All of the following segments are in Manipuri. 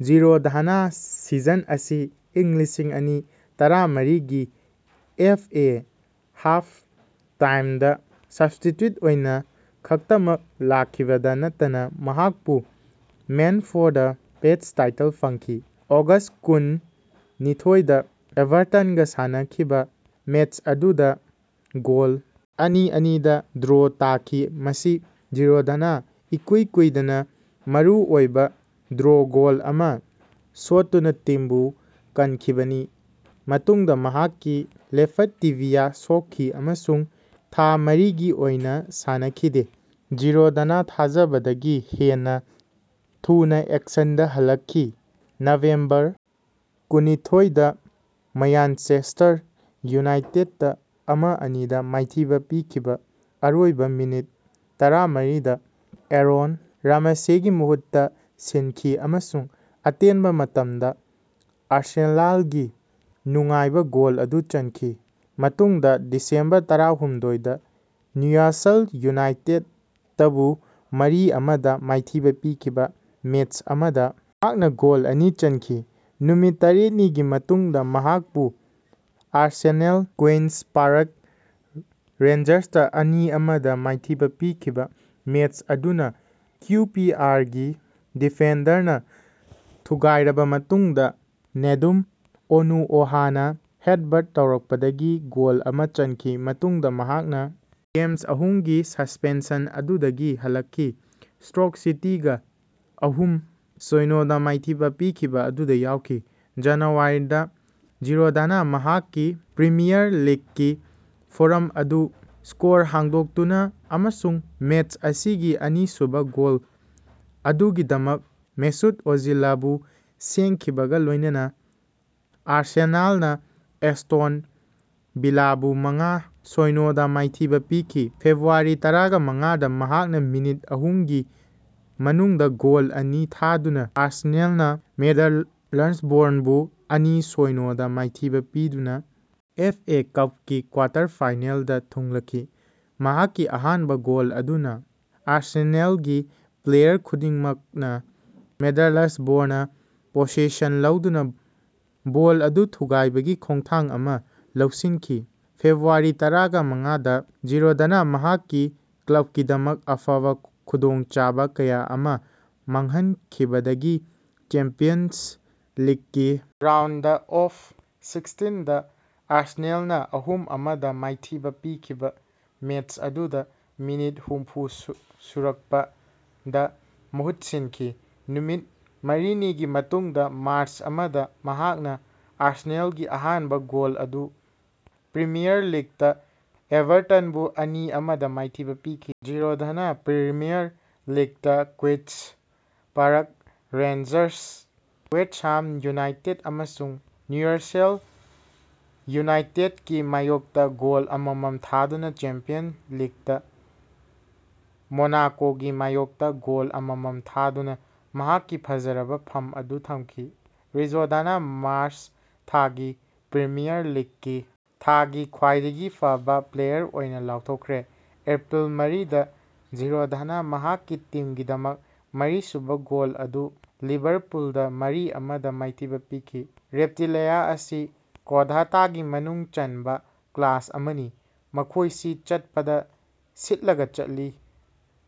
ꯖꯤꯔꯣꯗꯅꯥ ꯁꯤꯖꯟ ꯑꯁꯤ ꯏꯪ ꯂꯤꯁꯤꯡ ꯑꯅꯤ ꯇꯔꯥꯃꯔꯤ ꯒꯤ ꯑꯦꯐ. ꯑꯦ. ꯍꯥꯐ ꯇꯥꯏꯝꯗ ꯁꯞꯁ꯭ꯇꯤꯆ꯭ꯌꯨꯠ ꯑꯣꯏꯅꯥ ꯈꯛꯇꯃꯛ ꯂꯥꯛꯈꯤꯕꯗ ꯅꯠꯇꯅ ꯃꯍꯥꯛꯄꯨ man of the match title ꯐꯪꯈꯤ ꯫ ꯑꯣꯒꯁ꯭ꯠ ꯀꯨꯟ ꯅꯤꯊꯣꯏꯗ ꯑꯦꯚꯥꯔꯇꯟꯒ ꯁꯥꯟꯅꯈꯤꯕ ꯃꯦꯆ ꯑꯗꯨꯗ ꯒꯣꯜ ꯑꯅꯤ - ꯑꯅꯤꯗ ꯗ꯭ꯔꯣ ꯇꯥꯈꯤ ꯃꯁꯤ ꯖꯤꯔꯣꯗꯅ ꯏꯀꯨꯏ ꯀꯨꯏꯗꯅꯥ ꯃꯔꯨꯑꯣꯏꯕꯥ ꯗ꯭ꯔꯣ ꯒꯣꯜ ꯑꯃꯥ ꯁꯣꯠꯇꯨꯅꯥ ꯇꯤꯝꯕꯨ ꯀꯟꯈꯤꯕꯅꯤ ꯃꯇꯨꯡꯗ ꯃꯍꯥꯛꯀꯤ ꯂꯦꯐꯠ ꯇꯤꯕꯤꯌꯥ ꯁꯣꯛꯈꯤ ꯑꯃꯁꯨꯡ ꯊꯥ ꯃꯔꯤꯒꯤ ꯑꯣꯏꯅꯥ ꯁꯥꯟꯅꯈꯤꯗꯦ꯫ ꯖꯤꯔꯣꯗꯅꯥ ꯊꯥꯖꯕꯗꯒꯤ ꯍꯦꯟꯅꯥ ꯊꯨꯅꯥ ꯑꯦꯛꯁꯟꯗꯥ ꯍꯜꯂꯛꯈꯤ, ꯅꯕꯦꯝꯕꯔ ꯀꯨꯟꯅꯤꯊꯣꯏꯗ ꯃ꯭ꯌꯥꯟꯆꯦꯁꯇꯔ ꯌꯨꯅꯥꯏꯇꯦꯗꯇ ꯑꯃ -ꯑꯅꯤꯗ ꯃꯥꯏꯊꯤꯕꯥ ꯄꯤꯈꯤꯕꯥ ꯑꯔꯣꯏꯕꯥ ꯃꯤꯅꯤꯠ ꯇꯔꯥꯃꯥꯔꯤꯗ ꯑꯦꯔꯣꯟ ꯔꯥꯃꯁꯦꯒꯤ ꯃꯍꯨꯠ ꯁꯤꯟꯈꯤ ꯑꯃꯁꯨꯡ ꯑꯇꯦꯟꯕ ꯃꯇꯝꯗ ꯑꯥꯔꯁꯦꯅꯥꯜꯒꯤ ꯅꯨꯡꯉꯥꯏꯕꯥ ꯒꯣꯜ ꯑꯗꯨ ꯆꯟꯈꯤ꯫ ꯃꯇꯨꯡꯗ ꯗꯤꯁꯦꯝꯕꯔ ꯇꯔꯥꯍꯨꯝꯗꯣꯏꯗ ꯅ꯭ꯌꯨꯛꯌꯥꯁꯜ ꯌꯨꯅꯥꯏꯇꯦꯗꯄꯨ ꯃꯔꯤ ꯑꯃꯥꯗ ꯃꯥꯏꯊꯤꯕ ꯄꯤꯈꯤꯕ ꯃꯦꯆ ꯑꯃꯗ ꯃꯍꯥꯛꯅ ꯒꯣꯜ ꯑꯅꯤ ꯆꯟꯈꯤ꯫ ꯅꯨꯃꯤꯠ ꯇꯔꯦꯠꯅꯤꯒꯤ ꯃꯇꯨꯡꯗ ꯃꯍꯥꯛꯄꯨ ꯑꯥꯔꯁꯦꯅꯦꯜ ꯀꯨꯏꯟꯁ ꯄꯥꯔꯛ ꯔꯦꯟꯖꯔꯁꯇ ꯑꯅꯤ -ꯑꯃꯗ ꯃꯥꯏꯊꯤꯕꯥ ꯄꯤꯈꯤꯕꯥ ꯃꯦꯆ ꯑꯗꯨꯗ ꯀꯤꯎ ꯄꯤ ꯑꯥꯔꯒꯤ ꯗꯤꯐꯦꯟꯗꯔꯅ ꯊꯨꯒꯥꯏꯔꯕ ꯃꯇꯨꯡꯗ ꯅꯦꯗꯨꯝ ꯑꯣꯅꯨꯑꯣꯍꯥꯅ ꯍꯦꯗꯕꯠ ꯇꯧꯔꯛꯄꯗꯒꯤ ꯒꯣꯜ ꯑꯃꯥ ꯆꯟꯈꯤ꯫ ꯃꯇꯨꯡꯗ ꯃꯍꯥꯛꯅ ꯒꯦꯝ ꯑꯍꯨꯝꯒꯤ ꯁꯁꯄꯦꯟꯁꯟ ꯑꯗꯨꯗꯒꯤ ꯍꯜꯂꯛꯈꯤ ꯁ꯭ꯇꯣꯛ ꯁꯤꯇꯤꯒ ꯑꯍꯨꯝ - ꯁꯣꯢꯅꯣꯗ ꯃꯥꯏꯊꯤꯕꯥ ꯄꯤꯈꯤꯕ ꯑꯗꯨꯗ ꯌꯥꯎꯈꯤ꯫ ꯖꯅꯨꯋꯥꯔꯤꯗ ꯖꯤꯔꯣꯗꯅꯥ ꯃꯍꯥꯛꯀꯤ ꯄ꯭ꯔꯤꯃꯤꯌꯥꯔ ꯂꯤꯒꯀꯤ ꯐꯣꯔꯝ ꯑꯗꯨ ꯁ꯭ꯀꯣꯔ ꯍꯥꯡꯗꯣꯛꯇꯨꯅꯥ ꯑꯃꯁꯨꯡ ꯃꯦꯆ ꯑꯁꯤꯒꯤ ꯑꯅꯤꯁꯨꯕꯥ ꯒꯣꯜ ꯑꯗꯨꯒꯤꯗꯃꯛ ꯃꯦꯁꯨꯠ ꯑꯣꯖꯤꯂꯕꯨ ꯁꯦꯝꯈꯤꯕꯒꯥ ꯂꯣꯏꯅꯅꯥ ꯑꯥꯔꯁꯦꯅꯥꯜꯅꯥ ꯑꯦꯁꯇꯣꯟ ꯚꯤꯂꯥꯕꯨ ꯃꯉꯥ-ꯁꯣꯢꯅꯣꯗꯥ ꯃꯥꯏꯊꯤꯕꯥ ꯄꯤꯈꯤ꯫ ꯐꯦꯕ꯭ꯔꯨꯋꯥꯔꯤ ꯇꯔꯥꯃꯉꯥꯗ ꯃꯍꯥꯛꯅꯥ ꯃꯤꯅꯤꯠ ꯑꯍꯨꯝꯒꯤ ꯃꯅꯨꯡꯗꯥ ꯒꯣꯜ ꯑꯅꯤ ꯊꯥꯗꯨꯅ ꯑꯥꯔꯁꯦꯅꯦꯜꯅ ꯃꯤꯗꯂꯁꯕ꯭ꯔꯣꯕꯨ ꯑꯅꯤ-ꯁꯣꯢꯅꯣꯗ ꯃꯥꯏꯊꯤꯕꯥ ꯄꯤꯗꯨꯅꯥ ꯑꯦꯐ. ꯑꯦ. ꯀꯞꯀꯤ ꯀ꯭ꯋꯥꯇꯔ ꯐꯤꯅꯦꯜꯗ ꯊꯨꯡꯂꯈꯤ꯫ ꯃꯍꯥꯛꯀꯤ ꯑꯍꯥꯟꯕꯥ ꯒꯣꯜ ꯑꯗꯨꯅ ꯑꯥꯔꯁꯦꯅꯦꯜꯒꯤ ꯄ꯭ꯂꯦꯌꯥꯔ ꯈꯨꯗꯤꯡꯃꯛꯅꯥ ꯃꯤꯗꯂꯁꯕ꯭ꯔꯣꯅ ꯄꯣꯁꯦꯁꯟ ꯂꯧꯗꯅꯥ ꯕꯣꯜ ꯑꯗꯨ ꯊꯨꯒꯥꯏꯕꯒꯤ ꯈꯣꯡꯊꯥꯡ ꯑꯃꯥ ꯂꯧꯁꯤꯟꯈꯤ꯫ ꯐꯦꯕ꯭ꯔꯨꯋꯥꯔꯤ ꯇꯔꯥꯃꯉꯥꯗ ꯖꯤꯔꯣꯗꯅꯥ ꯃꯍꯥꯛꯀꯤ ꯀ꯭ꯂꯕꯀꯤꯗꯃꯛ ꯑꯐꯕꯥ ꯈꯨꯗꯣꯡꯆꯥꯕꯥ ꯀꯌꯥ ꯑꯃꯥ ꯃꯥꯡꯍꯟꯈꯤꯕꯗꯒꯤ ꯆꯦꯝꯄꯤꯌꯟꯁ ꯂꯤꯛꯀꯤ ꯔꯥꯎꯟꯗ ꯑꯣꯐ ꯁꯤꯛꯁꯇꯤꯟꯗ ꯑꯥꯔꯁꯦꯅꯦꯜꯅ ꯑꯍꯨꯝ -ꯑꯃꯗ ꯃꯥꯏꯊꯤꯕꯥ ꯄꯤꯈꯤꯕꯥ ꯃꯦꯆ ꯑꯗꯨꯗꯥ ꯃꯤꯅꯤꯠ ꯍꯨꯝꯐꯨ ꯁꯨꯔꯛꯄꯗ ꯃꯍꯨꯠ ꯁꯤꯟꯈꯤ ꯫ ꯅꯨꯃꯤꯠ ꯃꯔꯤꯅꯤꯒꯤ ꯃꯇꯨꯡꯗ ꯃꯥꯔꯆ ꯑꯃꯗ ꯃꯍꯥꯛꯅ ꯑꯥꯔꯁꯦꯅꯦꯜꯒꯤ ꯑꯍꯥꯟꯕꯥ ꯒꯣꯜ ꯑꯗꯨ ꯄ꯭ꯔꯤꯃꯤꯌꯥꯔ ꯂꯤꯛꯇ ꯑꯦꯚꯥꯔꯇꯟꯕꯨ ꯑꯅꯤ- ꯑꯃꯗ ꯃꯥꯏꯊꯤꯕꯥ ꯄꯤꯈꯤ ꯫ ꯖꯤꯔꯣꯗꯅ ꯄ꯭ꯔꯤꯃꯤꯌꯥꯔ ꯂꯤꯛꯇ Queens Park Rangers, West Ham United ꯑꯃꯁꯨꯡ ꯅ꯭ꯌꯨꯛꯌꯥꯁꯜ ꯌꯨꯅꯥꯏꯇꯦꯗꯀꯤ ꯃꯥꯌꯣꯛꯇꯥ ꯒꯣꯜ ꯑꯃꯃꯝ ꯊꯥꯗꯨꯅ ꯆꯦꯝꯄꯤꯌꯟꯁ ꯂꯤꯛꯇ ꯃꯣꯅꯥꯀꯣꯒꯤ ꯃꯥꯌꯣꯛꯇ ꯒꯣꯜ ꯑꯃꯃꯝ ꯊꯥꯗꯨꯅꯥ ꯃꯍꯥꯛꯀꯤ ꯐꯖꯔꯕꯥ ꯐꯝ ꯑꯗꯨ ꯊꯝꯈꯤ꯫ꯖꯤꯔꯣꯗꯅ ꯃꯥꯔꯆ ꯊꯥꯒꯤ ꯄ꯭ꯔꯤꯃꯤꯌꯥꯔ ꯂꯤꯛꯀꯤ ꯊꯥꯒꯤ ꯈ꯭ꯋꯥꯏꯗꯒꯤ ꯐꯕꯥ ꯄ꯭ꯂꯦꯌꯥꯔ ꯑꯣꯏꯅ ꯂꯥꯎꯊꯣꯛꯈ꯭ꯔꯦ꯫ ꯑꯦꯄ꯭ꯔꯤꯜ ꯃꯔꯤꯗ ꯖꯤꯔꯣꯗꯅꯥ ꯃꯍꯥꯛꯀꯤ ꯇꯤꯝꯒꯤꯗꯃꯛ ꯃꯔꯤꯁꯨꯕꯥ ꯒꯣꯜ ꯑꯗꯨ ꯂꯤꯚꯥꯔꯄꯨꯜꯗꯥ ꯃꯔꯤ ꯑꯃꯗ ꯃꯥꯏꯊꯤꯕꯥ ꯄꯤꯈꯤ ꯫ ꯔꯦꯞꯇꯤꯂꯤꯌꯥ ꯑꯁꯤ ꯀꯣꯔꯗꯥꯇꯥꯒꯤ ꯃꯅꯨꯡ ꯆꯟꯕ ꯀ꯭ꯂꯥꯁ ꯑꯃꯅꯤ꯫ ꯃꯈꯣꯢꯁꯤ ꯆꯠꯄꯗ ꯁꯤꯠꯂꯒ ꯆꯠꯂꯤ꯫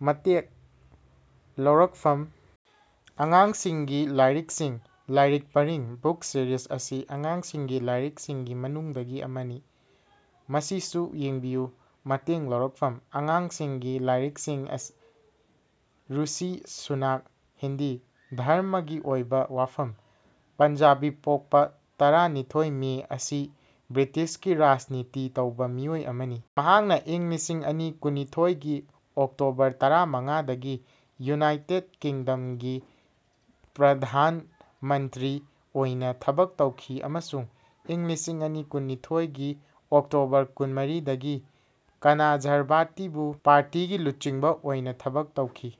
ꯃꯇꯦꯡ ꯂꯧꯔꯛꯐꯝ :ꯑꯉꯥꯡꯁꯤꯡꯒꯤ ꯂꯥꯢꯔꯤꯛꯁꯤꯡ ꯂꯥꯢꯔꯤꯛ ꯄꯔꯤꯡ (ꯕꯨꯛ ꯁꯤꯔꯤꯁ) ꯑꯁꯤ ꯑꯉꯥꯡꯁꯤꯡꯒꯤ ꯂꯥꯢꯔꯤꯛꯁꯤꯡꯒꯤ ꯃꯅꯨꯡꯗꯒꯤ ꯑꯃꯅꯤ꯫ ꯃꯁꯤꯁꯨ ꯌꯦꯡꯕꯤꯌꯨ ꯃꯇꯦꯡ ꯂꯧꯔꯛꯐꯝ :ꯑꯉꯥꯡꯁꯤꯡꯒꯤ ꯂꯥꯢꯔꯤꯛꯁꯤꯡ ꯔꯨꯁꯤ ꯁꯨꯅꯥꯛ ꯍꯤꯟꯗꯤ: ꯙꯔꯝꯃꯒꯤ ꯑꯣꯏꯕꯥ ꯋꯥꯐꯝ: ꯄꯟꯖꯥꯕꯤ ꯄꯣꯛꯄꯥ ꯇꯔꯥꯅꯤꯊꯣꯏ ꯃꯦ ꯑꯁꯤ ꯕ꯭ꯔꯤꯇꯤꯁꯀꯤ ꯔꯥꯖꯅꯤꯇꯤ ꯇꯧꯕꯥ ꯃꯤꯑꯣꯏ ꯑꯃꯅꯤ, ꯃꯍꯥꯛꯅꯥ ꯏꯪ ꯂꯤꯁꯤꯡ ꯑꯅꯤ ꯀꯨꯟꯅꯤꯊꯣꯏꯒꯤ ꯑꯣꯛꯇꯣꯕꯔ ꯇꯔꯥꯃꯉꯥ ꯗꯒꯤ ꯌꯨꯅꯥꯏꯇꯦꯗ ꯀꯤꯡꯗꯃꯒꯤ ꯄ꯭ꯔꯙꯥꯟ ꯃꯟꯠꯔꯤ ꯑꯣꯏꯅꯥ ꯊꯕꯛ ꯇꯧꯈꯤ ꯑꯃꯁꯨꯡ ꯏꯪ ꯂꯤꯁꯤꯡ ꯑꯅꯤ ꯀꯨꯟꯅꯤꯊꯣꯏꯒꯤ ꯑꯣꯛꯇꯣꯕꯔ ꯀꯨꯟꯃꯔꯤ ꯗꯒꯤ ꯀꯅꯖꯥꯔꯕꯇꯤꯕ ꯄꯥꯔꯇꯤꯒꯤ ꯂꯨꯆꯤꯡꯕꯥ ꯑꯣꯏꯅꯥ ꯊꯕꯛ ꯇꯧꯈꯤ꯫